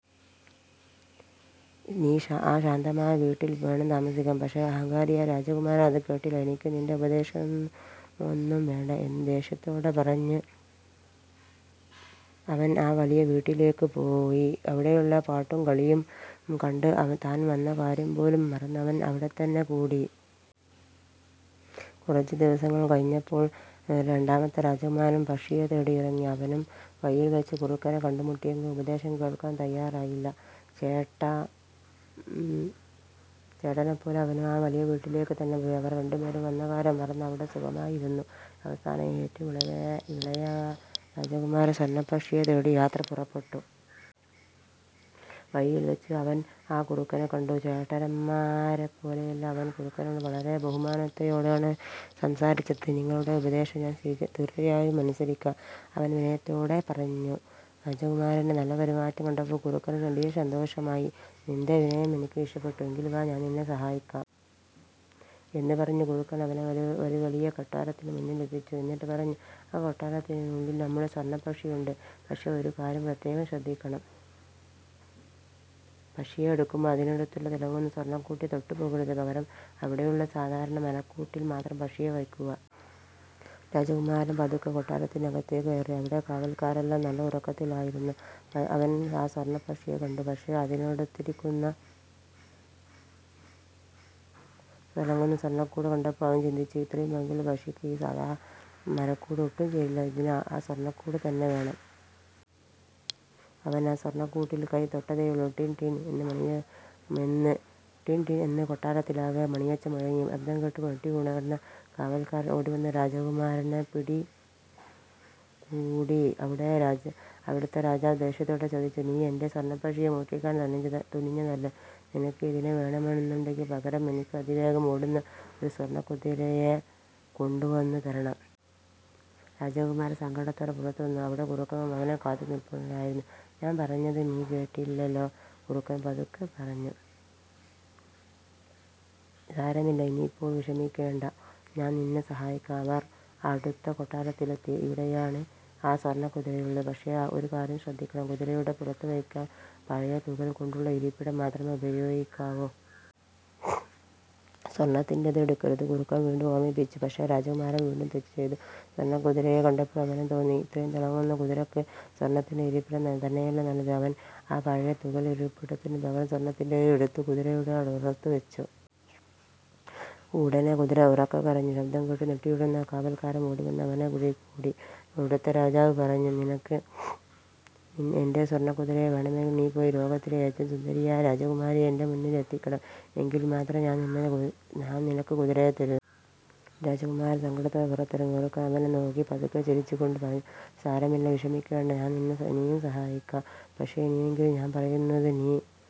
നീ ആ ശാന്തമായ വീട്ടിൽ വേണം താമസിക്കാൻ. "। പക്ഷേ, അഹങ്കാരിയായ രാജകുമാരൻ അത് കേട്ടില്ല. "എനിക്ക് നിന്റെ ഉപദേശമൊന്നും വേണ്ട! " എന്ന് ദേഷ്യത്തോടെ പറഞ്ഞ് അവൻ ആ വലിയ വീട്ടിലേക്ക് പോയി. അവിടെയുള്ള പാട്ടും കളിയും കണ്ട്, താൻ വന്ന കാര്യം പോലും മറന്ന് അവൻ അവിടെത്തന്നെ കൂടി. കുറച്ചു ദിവസങ്ങൾ കഴിഞ്ഞപ്പോൾ രണ്ടാമത്തെ രാജകുമാരനും പക്ഷിയെ തേടി ഇറങ്ങി. അവനും വഴിയിൽ വച്ച് കുറുക്കനെ കണ്ടുമുട്ടിയെങ്കിലും ഉപദേശം കേൾക്കാൻ തയ്യാറായില്ല. ചേട്ടനെപ്പോലെ അവനും ആ വലിയ വീട്ടിലേക്ക് തന്നെ പോയി. അവർ രണ്ടുപേരും വന്ന കാര്യം മറന്ന് അവിടെ സുഖമായി ഇരുന്നു. അവസാനം ഏറ്റവും ഇളയ ഇളയ രാജകുമാരൻ സ്വർണപ്പക്ഷിയെ തേടി യാത്ര പുറപ്പെട്ടു. വഴിയിൽ വെച്ച് അവൻ ആ കുറുക്കനെ കണ്ടു. ചേട്ടന്മാരെപ്പോലെയല്ല, അവൻ കുറുക്കനോട് വളരെ ബഹുമാനത്തോടെയാണ് സംസാരിച്ചത്. "നിങ്ങളുടെ ഉപദേശം ഞാൻ തീർച്ചയായും അനുസരിക്കാ. " അവൻ വിനയത്തോടെ പറഞ്ഞു. രാജകുമാരന്റെ നല്ല പെരുമാറ്റം കണ്ടപ്പോൾ കുറുക്കന് വലിയ സന്തോഷമായി. "നിന്റെ വിനയം എനിക്ക് ഇഷ്ടപ്പെട്ടു. എങ്കിൽ വാ, ഞാൻ നിന്നെ സഹായിക്കാം. " എന്ന് പറഞ്ഞ് കുറുക്കൻ അവനെ ഒരു വലിയ കൊട്ടാരത്തിന് മുന്നിൽ എത്തിച്ചു. എന്നിട്ട് പറഞ്ഞു "ആ കൊട്ടാരത്തിനുള്ളിൽ നമ്മുടെ സ്വർണപ്പക്ഷിയുണ്ട്. പക്ഷേ ഒരു കാര്യം പ്രത്യേകം ശ്രദ്ധിക്കണം! പക്ഷിയെ എടുക്കുമ്പോൾ അതിനടുത്തുള്ള തിളങ്ങുന്ന സ്വർണക്കൂട്ടിൽ തൊട്ടു പോകരുത്. പകരം, അവിടെയുള്ള സാധാരണ മരക്കൂട്ടിൽ മാത്രം പക്ഷിയെ വയ്ക്കുക. " രാജകുമാരൻ പതുക്കെ കൊട്ടാരത്തിന് അകത്തേക്ക് കയറി. അവിടെ കാവൽക്കാരെല്ലാം നല്ല ഉറക്കത്തിലായിരുന്നു. അവൻ ആ സ്വർണപ്പക്ഷിയെ കണ്ടു! പക്ഷേ, അതിനടുത്തിരിക്കുന്ന തിളങ്ങുന്ന സ്വർണക്കൂട് കണ്ടപ്പോൾ അവൻ ചിന്തിച്ചു, "ഇത്രയും ഭംഗിയുള്ള പക്ഷിക്ക് ഈ സാധാരണ മരക്കൂട് ഒട്ടും ചേരില്ല. ഇതിന് ആ സ്വർണക്കൂട് തന്നെ വേണം. " അവൻ ആ സ്വർണക്കൂട്ടിൽ കൈ തൊട്ടതേയുള്ളൂ, 'ടിൻ… ടിൻ… ' എന്ന് കൊട്ടാരത്തിലാകെ മണിയൊച്ച മുഴങ്ങി! ശബ്ദം കേട്ട് ഞെട്ടി ഉണർന്ന കാവൽക്കാർ ഓടിവന്ന് രാജകുമാരനെ പിടികൂടി. അവിടത്തെ രാജാവ് ദേഷ്യത്തോടെ ചോദിച്ചു: "നീ എന്റെ സ്വർണപ്പക്ഷിയെ മോഷ്ടിക്കാൻ തുനിഞ്ഞല്ലേ? നിനക്ക് ഇതിനെ വേണമെന്നുണ്ടെങ്കിൽ, പകരം എനിക്ക് അതിവേഗം ഓടുന്ന ഒരു സ്വർണക്കുതിരയെ കൊണ്ടുവന്നു തരണം! രാജകുമാരൻ സങ്കടത്തോടെ പുറത്തുവന്നു. അവിടെ കുറുക്കൻ അവനെ കാത്തുനിൽപ്പുണ്ടായിരുന്നു. "ഞാൻ പറഞ്ഞത് നീ കേട്ടില്ലല്ലോ," കുറുക്കൻ പതുക്കെ പറഞ്ഞു. "സാരമില്ല, ഇനിയിപ്പോൾ വിഷമിക്കേണ്ട. ഞാൻ നിന്നെ സഹായിക്കാം. " അവർ അടുത്ത കൊട്ടാരത്തിലെത്തി. "ഇവിടെയാണ് ആ സ്വർണക്കുതിരയുള്ളത്. പക്ഷേ ഒരു കാര്യം ശ്രദ്ധിക്കണം. കുതിരയുടെ പുറത്ത് വയ്ക്കാൻ പഴയ തുകൽ കൊണ്ടുള്ള ഇരിപ്പിടം മാത്രമേ ഉപയോഗിക്കാവൂ. സ്വർണ്ണത്തിന്റേത് എടുക്കരുത്," കുറുക്കൻ വീണ്ടും ഓർമ്മിപ്പിച്ചു. പക്ഷേ രാജകുമാരൻ വീണ്ടും തെറ്റ് ചെയ്തു. സ്വർണക്കുതിരയെ കണ്ടപ്പോൾ അവന് തോന്നി, "ഇത്രയും തിളങ്ങുന്ന കുതിരയ്ക്ക് സ്വർണ്ണത്തിന്റെ ഇരിപ്പിടം തന്നെയല്ലേ നല്ലത്? " അവൻ ആ പഴയ തുകൽ ഇരിപ്പിടത്തിനു പകരം സ്വർണത്തിന്റേത് എടുത്ത് കുതിരയുടെ പുറത്ത് വച്ചു. ഉടനെ കുതിര ഉറക്കെ കരഞ്ഞു! ശബ്ദം കേട്ട് ഞെട്ടിയുണർന്ന കാവൽക്കാർ ഓടിവന്ന് അവനെ പിടികൂടി. അവിടത്തെ രാജാവ് പറഞ്ഞു: "നിനക്ക് എന്റെ സ്വർണക്കുതിരയെ വേണമെങ്കിൽ നീ പോയി ലോകത്തിലെ ഏറ്റവും സുന്ദരിയായ രാജകുമാരിയെ എന്റെ മുന്നിൽ എത്തിക്കണം. എങ്കിൽ മാത്രമേ ഞാൻ നിനക്ക് കുതിരയെ തരൂ. " രാജകുമാരൻ സങ്കടത്തോടെ പുറത്തിറങ്ങി. കുറുക്കൻ അവനെ നോക്കി പതുക്കെ ചിരിച്ചുകൊണ്ട് പറഞ്ഞു: "സാരമില്ല, വിഷമിക്കേണ്ട. ഞാൻ നിന്നെ ഇനിയും സഹായിക്കാം. പക്ഷേ ഇനിയെങ്കിലും ഞാൻ പറയുന്നത് നീ